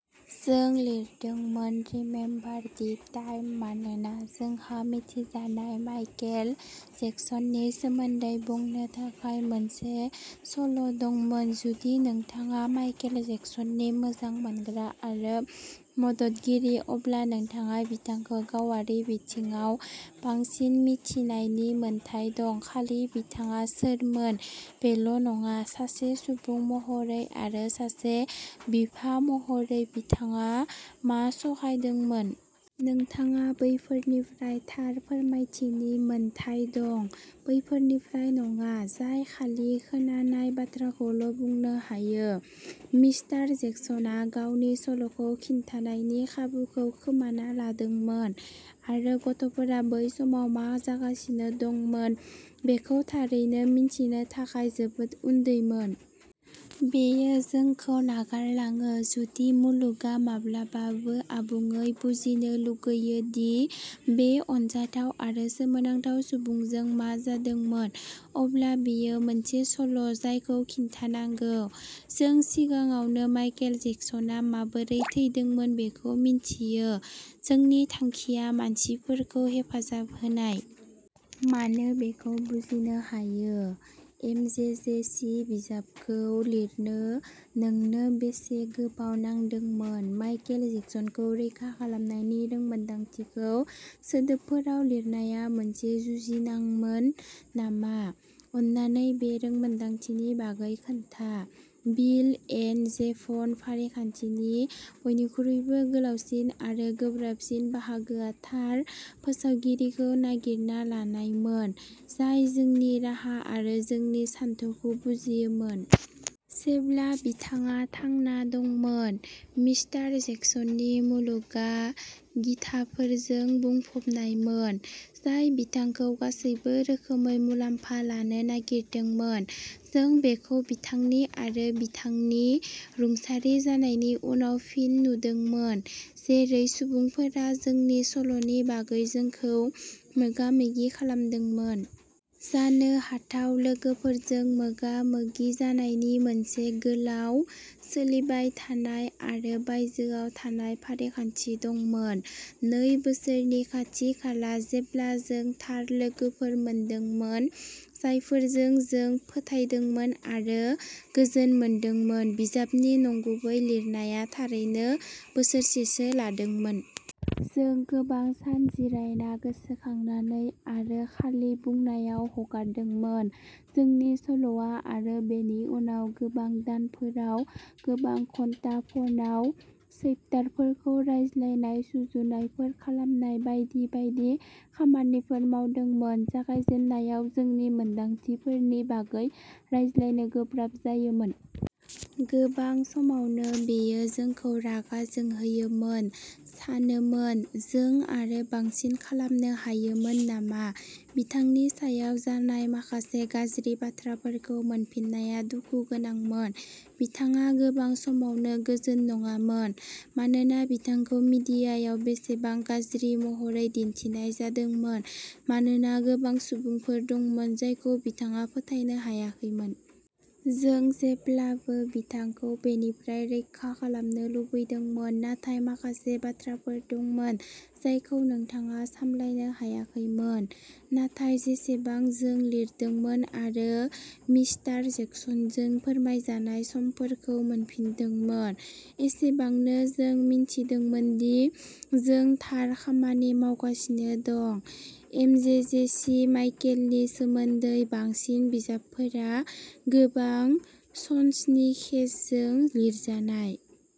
जों लिरदोंमोन remember the time मानोना जोंहा मिथिजानाय माइकेल जेक्सननि सोमोन्दै बुंनो थाखाय मोनसे सल' दंमोन। जुदि नोंथाङा माइकेल जेक्सननि मोजां मोनग्रा आरो मददगिरि, अब्ला नोंथाङा बिथांखौ गावारि बिथिङाव बांसिन मिथिनायनि मोन्थाइ दं, खालि बिथाङा सोरमोन बेल' नङा, सासे सुबुं महरै आरो सासे बिफा महरै बिथाङा मा सहायदोंमोन। नोंथाङा बैफोरनिफ्राय थार फोरमायथिनि मोन्थाइ दं, बैफोरनिफ्राय नङा, जाय खालि खोनानाय बाथ्राखौल' बुंनो हायो। मिस्टार जेक्सनआ गावनि सल'खौ खिन्थानायनि खाबुखौ खोमाना लादोंमोन आरो गथ'फोरा बै समाव मा जागासिनो दंमोन बेखौ थारैनो मिन्थिनो थाखाय जोबोद उन्दैमोन। बेयो जोंखौ नागारलाङो। जुदि मुलुगआ माब्लाबाबो आबुङै बुजिनो लुगैयो दि बे अनजाथाव आरो सोमोनांथाव सुबुंजों मा जादोंमोन, अब्ला बेयो मोनसे सल' जायखौ खिन्थानांगौ। जों सिगाङावनो माइखेल जेक्सनआ माबोरै थैदोंमोन बेखौ मिन्थियो। जोंनि थांखिया मानसिफोरखौ हेफाजाब होनाय। मानो बेखौ बुजिनो हायो। एमजेजेसि बिजाबखौ लिरनो नोंनो बेसे गोबाव नांदोंमोन? माइकेल जेक्सनखौ रैखा खालामनायनि रोंमोनदांथिखौ सोदोबफोराव लिरनाया मोनसे जुजिनांमोन नामा? अन्नानै बे रोंमोनदांथिनि बागै खोन्था। बिल एन्ड जेभन फारिखान्थिनि बयनिख्रुइबो गोलावसिन आरो गोब्राबसिन बाहागोआ थार फोसावगिरिखौ नागिरना लानायमोन जाय जोंनि राहा आरो जोंनि सानथौखौ बुजियोमोन। जेब्ला बिथाङा थांना दंमोन, मिस्टार जेक्सननि मुलुगआ गिथाफोरजों बुंफबनायमोन, जाय बिथांखौ गासैबो रोखोमै मुलाम्फा लानो नागिरदोंमोन। जों बेखौ बिथांनि आरो बिथांनि रुंसारि जानायनि उनाव फिन नुदोंमोन, जेरै सुबुंफोरा जोंनि सल'नि बागै जोंखौ मोगा-मोगि खालामदोंमोन। जानो हाथाव लोगोफोरजों मोगा-मोगि जानायनि मोनसे गोलाव, सोलिबाय थानाय आरो बायजोआव थानाय फारिखान्थि दंमोन, नै बोसोरनि खाथि-खाला। जेब्ला जों थार लोगोफोर मोनदोंमोन, जायफोरजों जों फोथायदोंमोन आरो गोजोन मोनदोंमोन, बिजाबनि नंगुबै लिरनाया थारैनो बोसोरसेसो लादोंमोन। जों गोबां सान जिरायना, गोसोखांनानै आरो खालि बुंनायाव हगारदोंमोन। जोंनि सल'आ, आरो बेनि उनाव गोबां दानफोराव, गोबां घन्टा फनआव चैप्टारफोरखौ रायज्लायनाय, सुजुनायफोर खालामनाय बायदि बायदि खामानिफोर मावदोंमोन। जागायजेननायाव जोंनि मोनदांथिफोरनि बागै रायज्लायनो गोब्राब जायोमोन। गोबां समावनो बेयो जोंखौ रागा जोंहोयोमोन, सानोमोन, "जों आरो बांसिन खालामनो हायोमोन नामा?" बिथांनि सायाव जानाय माखासे गाज्रि बाथ्राफोरखौ मोनफिननाया दुखु गोनांमोन। बिथाङा गोबां समावनो गोजोन नङामोन, मानोना बिथांखौ मिडियायाव बेसेबां गाज्रि महरै दिन्थिनाय जादोंमोन, मानोना गोबां सुबुंफोर दंमोन जायखौ बिथाङा फोथायनो हायाखैमोन। जों जेब्लाबो बिथांखौ बेनिफ्राय रैखा खालामनो लुबैदोंमोन, नाथाय माखासे बाथ्राफोर दंमोन जायखौ नोंथाङा सामलायनो हायाखैमोन। नाथाय जेसेबां जों लिरदोंमोन आरो मिस्टार जेक्सनजों फोरमायजानाय समफोरखौ मोनफिनदोंमोन, एसेबांनो जों मिथिदोंमोन दि जों थार खामानि मावगासिनो दं। एमजेजेसि माइकेलनि सोमोन्दै बांसिन बिजाबफोरा गोबां सनसनीखेजजों लिरजानाय।